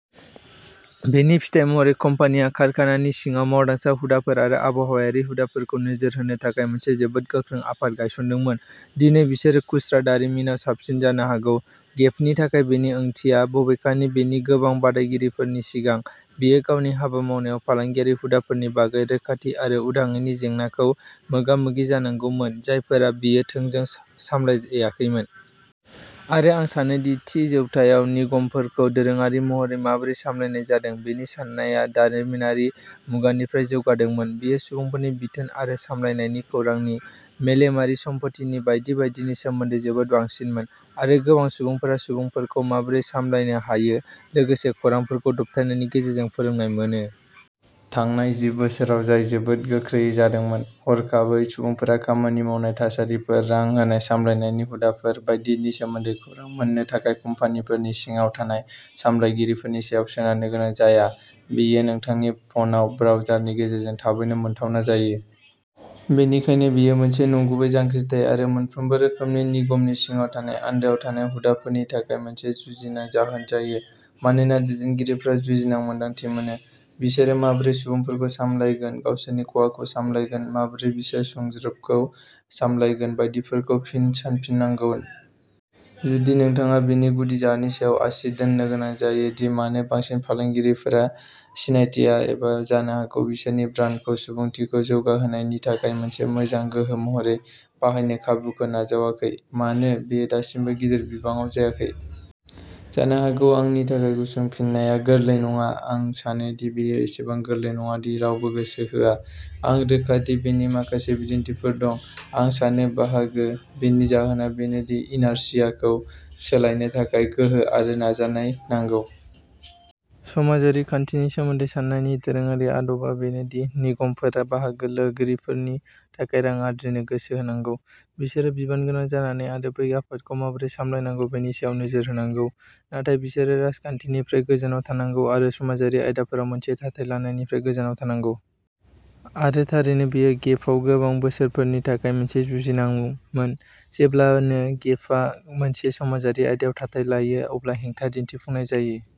बेनि फिथाय महरै, कम्पानिया कारखानानि सिङाव मावदांसा हुदाफोर आरो आबहावायारि हुदाफोरखौ नोजोर होनो थाखाय मोनसे जोबोद गोख्रों आफाद गायसनदोंमोन। दिनै, बिसोरो खुस्रा दारिमिनाव साबसिन जानो हागौ। गेपनि थाखाय बेनि ओंथिया, बबेखानि, बिनि गोबां बादायगिरिफोरनि सिगां, बेयो गावनि हाबा मावनायाव फालांगियारि हुदाफोरनि बागै रोखाथि आरो उदाङैनि जेंनाखौ मोगा-मोगि जानांगौमोन-जायफोरा बेयो थोंजों सामलायाखैमोन। आरो आं सानो दि थि जौथायाव निगमफोरखौ दोरोङारि महरै माबोरै सामलायनाय जादों बेनि साननाया दारिमिनारि मुगानिफ्राय जौगादोंमोन। बेयो सुबुंफोरनि बिथोन आरो सामलायनायनि, खौरांनि, मेलेमारि सम्पथिनि बायदि बायदिनि सोमोन्दै जोबोद बांसिनमोन। आरो गोबां सुबुंफोरा सुबुंफोरखौ माबोरै सामलायनो हायो, लोगोसे खौरांफोरखौ दबथायनायनि गेजेरजों फोरोंनाय मोनो। थांनाय जि बोसोराव जाय जोबोद गोख्रैयै जादोंमोन। हरखाबै, सुबुंफोरा खामानि मावनाय थासारिफोर, रां होनाय, सामलायनायनि हुदाफोर बायदिनि सोमोन्दै खौरां मोननो थाखाय कम्पानिफोरनि सिङाव थानाय सामलायगिरिफोरनि सायाव सोनारनो गोनां जाया। बेयो नोंथांनि फनाव ब्राउजारनि गेजेरजों थाबैनो मोनथावना जायो। बेनिखायनो बेयो मोनसे नंगुबै जांख्रिथाय आरो मोनफ्रोमबो रोखोमनि निगमनि सिङाव थानाय आन्दोआव थानाय हुदाफोरनि थाखाय मोनसे जुजिनां जाहोन जायो मानोना दैदेनगिरिफोरा जुजिनां मोन्दांथि मोनो। बिसोरो माबोरै सुबुंफोरखौ सामलायगोन, गावसोरनि खहाखौ सामलायगोन, माबोरै बिसोर सुंज्रोबखौ सामलायगोन बायदिफोरखौ फिन सानफिननांगोन। जुदि नोंथाङा बेनि गुदि जाहोननि सायाव आसि दोन्नो गोनां जायो दि मानो बांसिन फालांगिफोरा सिनायथिया, एबा जानो हागौ बिसोरनि ब्रान्डखौ "सुबुंथिखौ जौगाहोनाय" नि थाखाय मोनसे मोजां गोहो महरै बाहायनो खाबुखौ नाजावाखै-मानो बेयो दासिमबो गिदिर बिबाङाव जायाखै? जानो हागौ आंनि थाखाय गुसुं फिननाया गोरलै नङा। आं सानो दि बेयो एसेबां गोरलै नङा दि "रावबो गोसो होआ"। आं रोखा दि बेनि माखासे बिदिन्थिफोर दं। आं सानो बाहागो। बेनि जाहोना बेनो दि इनार्शियाखौ सोलायनो थाखाय गोहो आरो नाजानाय नांगौ। समाजारि खान्थिनि सोमोन्दै साननायनि दोरोङारि आदबा बेनो दि निगमफोरा बाहागो लागिरिफोरनि थाखाय रां आर्जिनो गोसो होनांगौ। बिसोरो बिबानगोनां जानानै आरो बै आफादखौ माबोरै सामलायनांगौ बेनि सायाव नोजोर होनांगौ। नाथाय बिसोरो राजखान्थिनिफ्राय गोजानाव थानांगौ आरो समाजारि आयदाफोराव मोनसे थाथाय लानायनिफ्राय गोजानाव थानांगौ। आरो, थारैनो, बेयो गेपआव गोबां बोसोरफोरनि थाखाय मोनसे जुजिनांमोन। जेब्लानो गेपआ मोनसे समाजारि आयदायाव थाथाय लायो, अब्ला हेंथा दिन्थिफुंनाय जायो।